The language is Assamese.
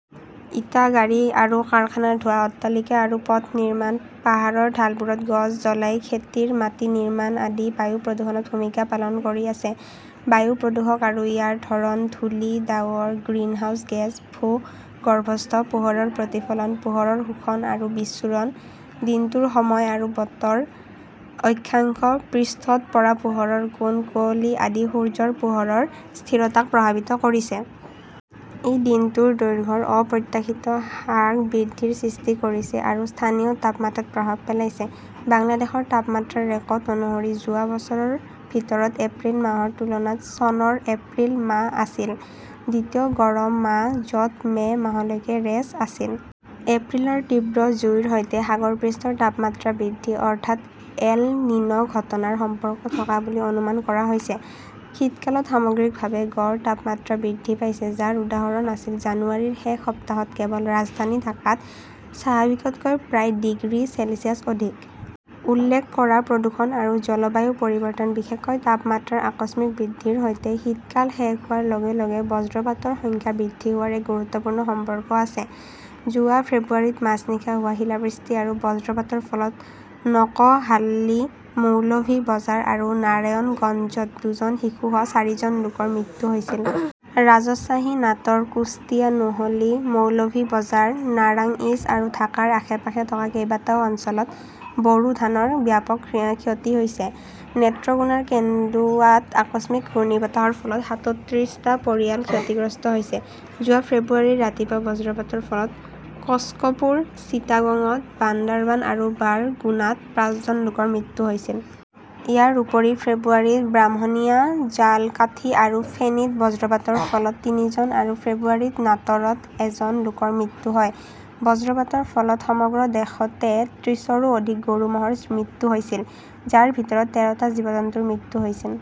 ইটা, গাড়ী আৰু কাৰখানাৰ ধোঁৱা, অট্টালিকা আৰু পথ নিৰ্মাণ, পাহাৰৰ ঢালবোৰত গছ জ্বলাই খেতিৰ মাটি নিৰ্মাণ আদি বায়ু প্ৰদূষণত ভূমিকা পালন কৰি আছে। বায়ু প্ৰদূষক আৰু ইয়াৰ ধৰণ, ধূলি, ডাৱৰ, গ্ৰিনহাউজ গেছ, ভূগৰ্ভস্থ পোহৰৰ প্ৰতিফলন, পোহৰৰ শোষণ আৰু বিচ্ছুৰণ, দিনটোৰ সময় আৰু বতৰ, অক্ষাংশ, পৃষ্ঠত পৰা পোহৰৰ কোণ, কুঁৱলী আদি সূৰ্যৰ পোহৰৰ স্থিৰতাক প্ৰভাৱিত কৰিছে। ই দিনটোৰ দৈৰ্ঘ্যৰ অপ্ৰত্যাশিত হ্ৰাস-বৃদ্ধিৰ সৃষ্টি কৰিছে আৰু স্থানীয় তাপমাত্ৰাত প্ৰভাৱ পেলাইছে। বাংলাদেশৰ তাপমাত্ৰাৰ ৰেকৰ্ড অনুসৰি যোৱা বছৰৰ ভিতৰত এপ্ৰিল মাহৰ তুলনাত চনৰ এপ্ৰিল মাহ আছিল দ্বিতীয় গৰম মাহ য'ত মে' মাহলৈকে ৰেচ আছিল। এপ্ৰিলৰ তীব্ৰ জুইৰ সৈতে সাগৰ পৃষ্ঠৰ তাপমাত্ৰা বৃদ্ধি, অৰ্থাৎ এল-নিনো ঘটনাৰ সম্পৰ্ক থকা বুলি অনুমান কৰা হৈছে। শীতকালত সামগ্ৰিকভাৱে গড় তাপমাত্ৰা বৃদ্ধি পাইছে, যাৰ উদাহৰণ আছিল জানুৱাৰীৰ শেষ সপ্তাহত কেৱল ৰাজধানী ঢাকাত স্বাভাৱিকতকৈ প্ৰায় ডিগ্ৰী চেলছিয়াছ অধিক। উল্লেখ কৰা প্ৰদূষণ আৰু জলবায়ু পৰিৱৰ্তন, বিশেষকৈ তাপমাত্ৰাৰ আকস্মিক বৃদ্ধিৰ সৈতে শীতকাল শেষ হোৱাৰ লগে লগে বজ্ৰপাতৰ সংখ্যা বৃদ্ধি হোৱাৰ এক গুৰুত্বপূৰ্ণ সম্পৰ্ক আছে। যোৱা ফেব্ৰুৱাৰীত মাজনিশা হোৱা শিলাবৃষ্টি আৰু বজ্ৰপাতৰ ফলত নকহাল্লি, মৌলভি বজাৰ আৰু নাৰায়ণগঞ্জত দুজন শিশুসহ চাৰিজন লোকৰ মৃত্যু হৈছিল। ৰাজশ্বাহী, নাট 'ৰ, কুশ্তিয়া, নোহলী, মৌলভি বজাৰ, নাৰাংইজ আৰু ঢাকাৰ আশে-পাশে থকা কেইবাটাও অঞ্চলত বৰো ধানৰ ব্যাপক ক্ষতি হৈছে। নেত্ৰকোনাৰ কেন্দুৱাত আকস্মিক ঘূৰ্ণীবতাহৰ ফলত সাতত্ৰিছটা পৰিয়াল ক্ষতিগ্ৰস্ত হৈছে। যোৱা ফেব্ৰুৱাৰীৰ ৰাতিপুৱা বজ্ৰপাতৰ ফলত কক্সপুৰ, চিটাগঙত, বান্দাৰবান আৰু বাৰগুনাত পাঁচজন লোকৰ মৃত্যু হৈছিল। ইয়াৰ উপৰিও ফেব্ৰুৱাৰীত ব্ৰাহ্মণিয়া, ঝালকাঠি আৰু ফেনীত বজ্ৰপাতৰ ফলত তিনিজন আৰু ফেব্ৰুৱাৰীত নাটৰত এজন লোকৰ মৃত্যু হয়। বজ্ৰপাতৰ ফলত সমগ্ৰ দেশতে ত্ৰিছৰো অধিক গৰু-ম'হৰ মৃত্যু হৈছিল, যাৰ ভিতৰত তেৰটা জীৱ-জন্তুৰ মৃত্যু হৈছিল।